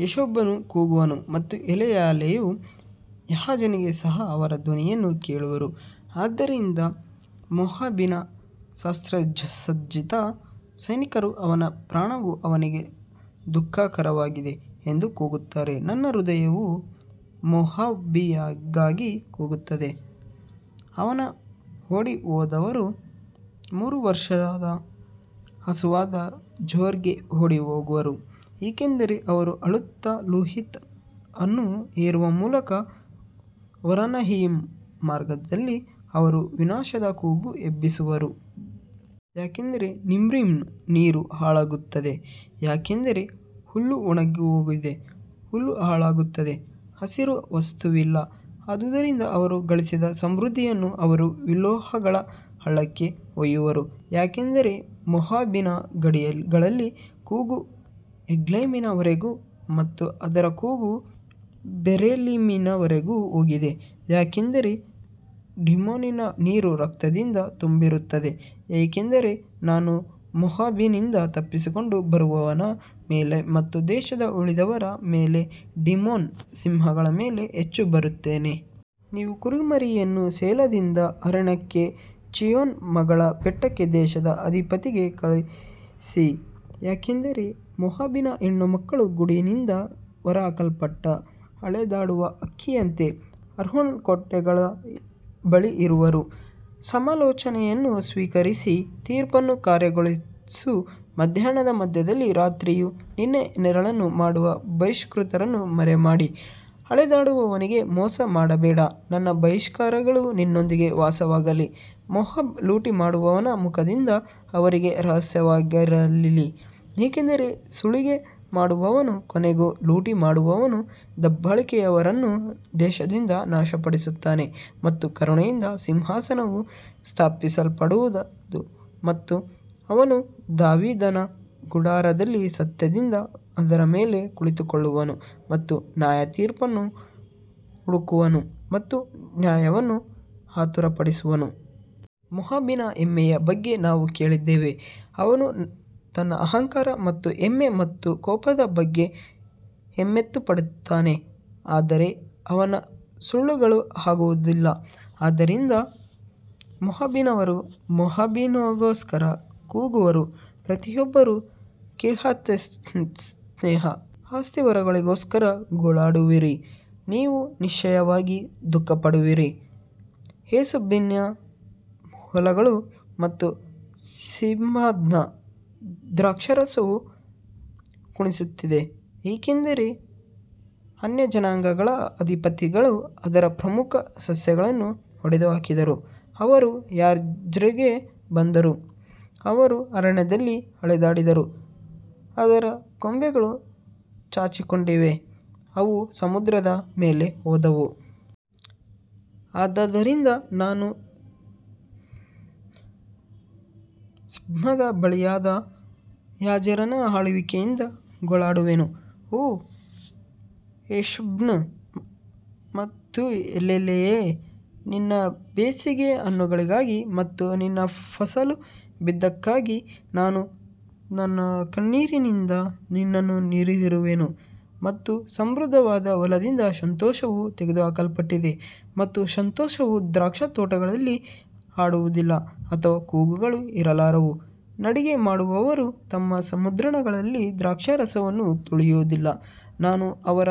ಹೆಷ್ಬೋನನು ಕೂಗುವನು ಮತ್ತು ಎಲೆಯಾಲೆಯು ಯಹಾಜನಿಗೆ ಸಹ ಅವರ ಧ್ವನಿಯನ್ನು ಕೇಳುವರು, ಆದ್ದರಿಂದ ಮೋವಾಬಿನ ಶಸ್ತ್ರಸಜ್ಜಿತ ಸೈನಿಕರು ಅವನ ಪ್ರಾಣವು ಅವನಿಗೆ ದುಃಖಕರವಾಗಿದೆ ಎಂದು ಕೂಗುತ್ತಾರೆ. ನನ್ನ ಹೃದಯವು ಮೋವಾಬಿಗಾಗಿ ಕೂಗುತ್ತದೆ, ಅವನ ಓಡಿಹೋದವರು ಮೂರು ವರ್ಷದ ಹಸುವಾದ ಜೋರ್ಗೆ ಓಡಿಹೋಗುವರು, ಏಕೆಂದರೆ ಅವರು ಅಳುತ್ತಾ ಲುಹಿತ್ ಅನ್ನು ಏರುವ ಮೂಲಕ ಹೊರನಯಿಮ್ ಮಾರ್ಗದಲ್ಲಿ ಅವರು ವಿನಾಶದ ಕೂಗು ಎಬ್ಬಿಸುವರು. ಯಾಕಂದರೆ ನಿಮ್ರಿಮ್ನ ನೀರು ಹಾಳಾಗುತ್ತದೆ, ಏಕೆಂದರೆ ಹುಲ್ಲು ಒಣಗಿಹೋಗಿದೆ, ಹುಲ್ಲು ಹಾಳಾಗುತ್ತದೆ, ಹಸಿರು ವಸ್ತುವಿಲ್ಲ ಆದುದರಿಂದ ಅವರು ಗಳಿಸಿದ ಸಮೃದ್ಧಿಯನ್ನು ಅವರು ವಿಲೋಗಳ ಹಳ್ಳಕ್ಕೆ ಒಯ್ಯುವರು. ಯಾಕಂದರೆ ಮೋವಾಬಿನ ಗಡಿಗಳಲ್ಲಿ ಕೂಗು ಎಗ್ಲೈಮಿನ ವರೆಗೆ ಮತ್ತು ಅದರ ಕೂಗು ಬೆರೇಲಿಮಿನವರೆಗೆ ಹೋಗಿದೆ. ಯಾಕಂದರೆ ಡಿಮೋನಿನ ನೀರು ರಕ್ತದಿಂದ ತುಂಬಿರುತ್ತದೆ ಏಕೆಂದರೆ ನಾನು ಮೋವಾಬಿನಿಂದ ತಪ್ಪಿಸಿಕೊಂಡು ಬರುವವನ ಮೇಲೆ ಮತ್ತು ದೇಶದ ಉಳಿದವರ ಮೇಲೆ ಡಿಮೋನ್ ಸಿಂಹಗಳ ಮೇಲೆ ಹೆಚ್ಚು ಬರುತ್ತೇನೆ. ನೀವು ಕುರಿಮರಿಯನ್ನು ಸೇಲಾದಿಂದ ಅರಣ್ಯಕ್ಕೆ ಚೀಯೋನ್ ಮಗಳ ಬೆಟ್ಟಕ್ಕೆ ದೇಶದ ಅಧಿಪತಿಗೆ ಕಳುಹಿಸಿ. ಯಾಕಂದರೆ ಮೋವಾಬಿನ ಹೆಣ್ಣುಮಕ್ಕಳು ಗೂಡಿನಿಂದ ಹೊರಹಾಕಲ್ಪಟ್ಟ ಅಲೆದಾಡುವ ಹಕ್ಕಿಯಂತೆ ಅರ್ನೋನ್ ಕೋಟೆಗಳ ಬಳಿ ಇರುವರು. ಸಮಾಲೋಚನೆಯನ್ನು ಸ್ವೀಕರಿಸಿ ತೀರ್ಪನ್ನು ಕಾರ್ಯಗತಗೊಳಿಸು ಮಧ್ಯಾಹ್ನದ ಮಧ್ಯದಲ್ಲಿ ರಾತ್ರಿಯು ನಿನ್ನ ನೆರಳನ್ನು ಮಾಡು, ಬಹಿಷ್ಕೃತರನ್ನು ಮರೆಮಾಡಿ ಅಲೆದಾಡುವವನಿಗೆ ಮೋಸ ಮಾಡಬೇಡ ನನ್ನ ಬಹಿಷ್ಕಾರಗಳು ನಿನ್ನೊಂದಿಗೆ ವಾಸವಾಗಲಿ ಮೋವಾಬ್ ಲೂಟಿ ಮಾಡುವವನ ಮುಖದಿಂದ ಅವರಿಗೆ ರಹಸ್ಯವಾಗಿರಲಿ, ಏಕೆಂದರೆ ಸುಲಿಗೆ ಮಾಡುವವನು ಕೊನೆಗೆ ಲೂಟಿ ಮಾಡುವವನು ದಬ್ಬಾಳಿಕೆಯವರನ್ನು ದೇಶದಿಂದ ನಾಶಪಡಿಸುತ್ತಾನೆ ಮತ್ತು ಕರುಣೆಯಿಂದ ಸಿಂಹಾಸನವು ಸ್ಥಾಪಿಸಲ್ಪಡುವದು ಮತ್ತು ಅವನು ದಾವೀದನ ಗುಡಾರದಲ್ಲಿ ಸತ್ಯದಿಂದ ಅದರ ಮೇಲೆ ಕುಳಿತುಕೊಳ್ಳುವನು ಮತ್ತು ನ್ಯಾಯತೀರ್ಪನ್ನು ಹುಡುಕುವನು ಮತ್ತು ನ್ಯಾಯವನ್ನು ಆತುರಪಡುವನು. ಮೋವಾಬಿನ ಹೆಮ್ಮೆಯ ಬಗ್ಗೆ ನಾವು ಕೇಳಿದ್ದೇವೆ, ಅವನು ತನ್ನ ಅಹಂಕಾರ ಮತ್ತು ಹೆಮ್ಮೆ ಮತ್ತು ಕೋಪದ ಬಗ್ಗೆ ಹೆಮ್ಮೆಪಡುತ್ತಾನೆ ಆದರೆ ಅವನ ಸುಳ್ಳುಗಳು ಹಾಗಾಗುವುದಿಲ್ಲ. ಆದದರಿಂದ ಮೋವಾಬಿನವರು ಮೋವಾಬಿನಿಗೋಸ್ಕರ ಕೂಗುವರು, ಪ್ರತಿಯೊಬ್ಬನು ಕಿರ್ಹರೆಸೆತ್ನ ಅಸ್ತಿವಾರಗಳಿಗೋಸ್ಕರ ಗೋಳಾಡುವಿರಿ, ನೀವು ನಿಶ್ಚಯವಾಗಿ ದುಃಖಪಡುವಿರಿ. ಹೆಷ್ಬೋನಿನ ಹೊಲಗಳು ಮತ್ತು ಸಿಬ್ಮಾದ ದ್ರಾಕ್ಷಾರಸವು ಕ್ಷೀಣಿಸುತ್ತಿದೆ ಏಕೆಂದರೆ ಅನ್ಯಜನಾಂಗಗಳ ಅಧಿಪತಿಗಳು ಅದರ ಪ್ರಮುಖ ಸಸ್ಯಗಳನ್ನು ಒಡೆದುಹಾಕಿದರು, ಅವರು ಯಾಜೆರ್ಗೆ ಬಂದರು, ಅವರು ಅರಣ್ಯದಲ್ಲಿ ಅಲೆದಾಡಿದರು, ಅದರ ಕೊಂಬೆಗಳು ಚಾಚಿಕೊಂಡಿವೆ, ಅವು ಸಮುದ್ರದ ಮೇಲೆ ಹೋದವು. ಆದದರಿಂದ ನಾನು ಸಿಬ್ಮದ ಬಳ್ಳಿಯಾದ ಯಾಜೆರನ ಅಳುವಿಕೆಯಿಂದ ಗೋಳಾಡುವೆನು, ಓ ಹೆಷ್ಬೋನ್ ಮತ್ತು ಎಲೇಲೆಯೇ ನಿನ್ನ ಬೇಸಿಗೆಯ ಹಣ್ಣುಗಳಿಗಾಗಿ ಮತ್ತು ನಿನ್ನ ಫಸಲು ಬಿದ್ದದ್ದಕ್ಕಾಗಿ ನಾನು ನನ್ನ ಕಣ್ಣೀರಿನಿಂದ ನಿನ್ನನ್ನು ನೀರಿರುವೆನು. ಮತ್ತು ಸಮೃದ್ಧವಾದ ಹೊಲದಿಂದ ಸಂತೋಷವು ತೆಗೆದುಹಾಕಲ್ಪಟ್ಟಿದೆ ಮತ್ತು ಸಂತೋಷವು ದ್ರಾಕ್ಷಿತೋಟಗಳಲ್ಲಿ ಹಾಡುವದಿಲ್ಲ, ಅಥವಾ ಕೂಗುಗಳು ಇರಲಾರವು, ನಡಿಗೆ ಮಾಡುವವರು ತಮ್ಮ ಮುದ್ರಣಗಳಲ್ಲಿ ದ್ರಾಕ್ಷಾರಸವನ್ನು ತುಳಿಯುವುದಿಲ್ಲ, ನಾನು ಅವರ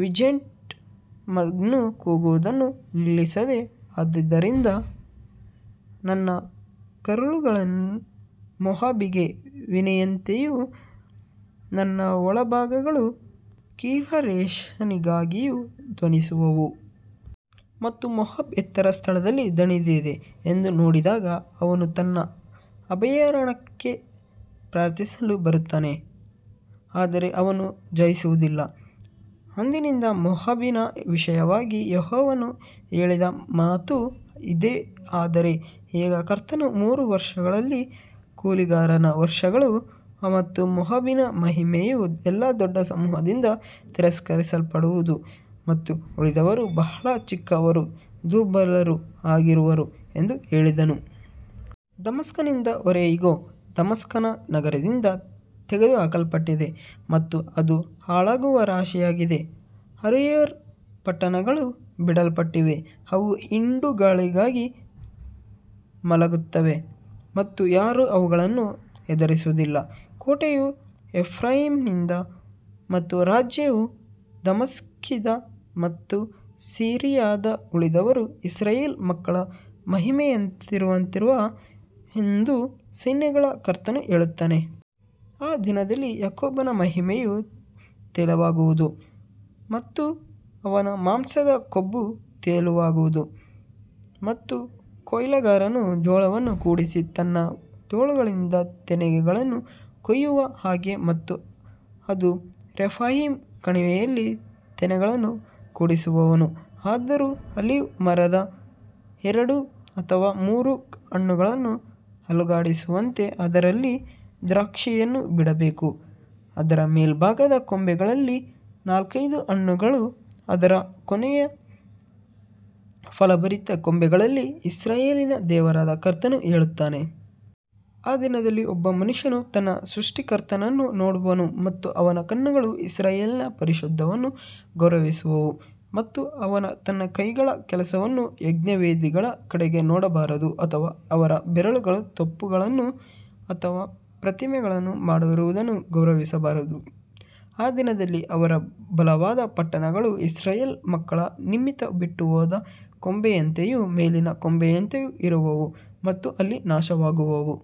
ವಿಂಟೇಜ್ ಅನ್ನು ಕೂಗುವುದನ್ನು ನಿಲ್ಲಿಸಿದೆ ಆದದರಿಂದ ನನ್ನ ಕರುಳುಗಳು ಮೋವಾಬಿಗೆ ವೀಣೆಯಂತೆಯೂ ನನ್ನ ಒಳಭಾಗಗಳು ಕಿರ್ಹರೇಷನಿಗಾಗಿಯೂ ಧ್ವನಿಸುವವು. ಮತ್ತು ಮೋವಾಬ್ ಎತ್ತರದ ಸ್ಥಳದಲ್ಲಿ ದಣಿದಿದೆ ಎಂದು ನೋಡಿದಾಗ ಅವನು ತನ್ನ ಅಭಯಾರಣ್ಯಕ್ಕೆ ಪ್ರಾರ್ಥಿಸಲು ಬರುತ್ತಾನೆ ಆದರೆ ಅವನು ಜಯಿಸುವುದಿಲ್ಲ. ಅಂದಿನಿಂದ ಮೋವಾಬಿನ ವಿಷಯವಾಗಿ ಯೆಹೋವನು ಹೇಳಿದ ಮಾತು ಇದೇ ಆದರೆ ಈಗ ಕರ್ತನು ಮೂರು ವರುಷಗಳಲ್ಲಿ ಕೂಲಿಗಾರನ ವರ್ಷಗಳು ಮತ್ತು ಮೋವಾಬಿನ ಮಹಿಮೆಯು ಎಲ್ಲಾ ದೊಡ್ಡ ಸಮೂಹದಿಂದ ತಿರಸ್ಕರಿಸಲ್ಪಡುವದು ಮತ್ತು ಉಳಿದವರು ಬಹಳ ಚಿಕ್ಕವರೂ ದುರ್ಬಲರೂ ಆಗಿರುವರು ಎಂದು ಹೇಳಿದನು. ದಮಸ್ಕನಿಂದ ಹೊರೆ ಇಗೋ, ದಮಸ್ಕನ್ನ ನಗರದಿಂದ ತೆಗೆದುಹಾಕಲ್ಪಟ್ಟಿದೆ ಮತ್ತು ಅದು ಹಾಳಾಗುವ ರಾಶಿಯಾಗಿದೆ ಅರೋಯೇರ್ ಪಟ್ಟಣಗಳು ಬಿಡಲ್ಪಟ್ಟಿವೆ, ಅವು ಹಿಂಡುಗಳಾಗಿ ಮಲಗುತ್ತವೆ ಮತ್ತು ಯಾರೂ ಅವುಗಳನ್ನು ಹೆದರಿಸುವುದಿಲ್ಲ. ಕೋಟೆಯು ಎಫ್ರಾಯೀಮ್ನಿಂದ ಮತ್ತು ರಾಜ್ಯವು ದಮಸ್ಕಿಂದ ಮತ್ತು ಸಿರಿಯಾದ ಉಳಿದವರು ಇಸ್ರಾಯೇಲ್ ಮಕ್ಕಳ ಮಹಿಮೆಯಂತಿರುವರು ಎಂದು ಸೈನ್ಯಗಳ ಕರ್ತನು ಹೇಳುತ್ತಾನೆ. ಆ ದಿನದಲ್ಲಿ ಯಾಕೋಬನ ಮಹಿಮೆಯು ತೆಳುವಾಗುವುದು ಮತ್ತು ಅವನ ಮಾಂಸದ ಕೊಬ್ಬು ತೆಳುವಾಗುವುದು. ಮತ್ತು ಕೊಯ್ಲುಗಾರನು ಜೋಳವನ್ನು ಕೂಡಿಸಿ ತನ್ನ ತೋಳುಗಳಿಂದ ತೆನೆಗಳನ್ನು ಕೊಯ್ಯುವ ಹಾಗೆ ಮತ್ತು ಅದು ರೆಫಾಯೀಮ್ ಕಣಿವೆಯಲ್ಲಿ ತೆನೆಗಳನ್ನು ಕೂಡಿಸುವವನು. ಆದರೂ, ಆಲಿವ್ ಮರದ ಎರಡು ಅಥವಾ ಮೂರು ಹಣ್ಣುಗಳನ್ನು ಅಲುಗಾಡಿಸುವಂತೆ ಅದರಲ್ಲಿ ದ್ರಾಕ್ಷಿಯನ್ನು ಬಿಡಬೇಕು, ಅದರ ಮೇಲ್ಭಾಗದ ಕೊಂಬೆಗಳಲ್ಲಿ ನಾಲ್ಕೈದು ಹಣ್ಣುಗಳು ಅದರ ಕೊನೆಯ ಫಲಭರಿತ ಕೊಂಬೆಗಳಲ್ಲಿ ಇಸ್ರಾಯೇಲಿನ ದೇವರಾದ ಕರ್ತನು ಹೇಳುತ್ತಾನೆ. ಆ ದಿನದಲ್ಲಿ ಒಬ್ಬ ಮನುಷ್ಯನು ತನ್ನ ಸೃಷ್ಟಿಕರ್ತನನ್ನು ನೋಡುವನು ಮತ್ತು ಅವನ ಕಣ್ಣುಗಳು ಇಸ್ರಾಯೇಲಿನ ಪರಿಶುದ್ಧನನ್ನು ಗೌರವಿಸುವವು ಮತ್ತು ಅವನು ತನ್ನ ಕೈಗಳ ಕೆಲಸವನ್ನು ಯಜ್ಞವೇದಿಗಳ ಕಡೆಗೆ ನೋಡಬಾರದು ಅಥವಾ ಅವನ ಬೆರಳುಗಳು ತೋಪುಗಳನ್ನು ಅಥವಾ ಪ್ರತಿಮೆಗಳನ್ನು ಮಾಡಿರುವುದನ್ನು ಗೌರವಿಸಬಾರದು. ಆ ದಿನದಲ್ಲಿ ಅವನ ಬಲವಾದ ಪಟ್ಟಣಗಳು ಇಸ್ರಾಯೇಲ್ ಮಕ್ಕಳ ನಿಮಿತ್ತ ಬಿಟ್ಟುಹೋದ ಕೊಂಬೆಯಂತೆಯೂ ಮೇಲಿನ ಕೊಂಬೆಯಂತೆಯೂ ಇರುವವು ಮತ್ತು ಅಲ್ಲಿ ನಾಶವಾಗುವವು.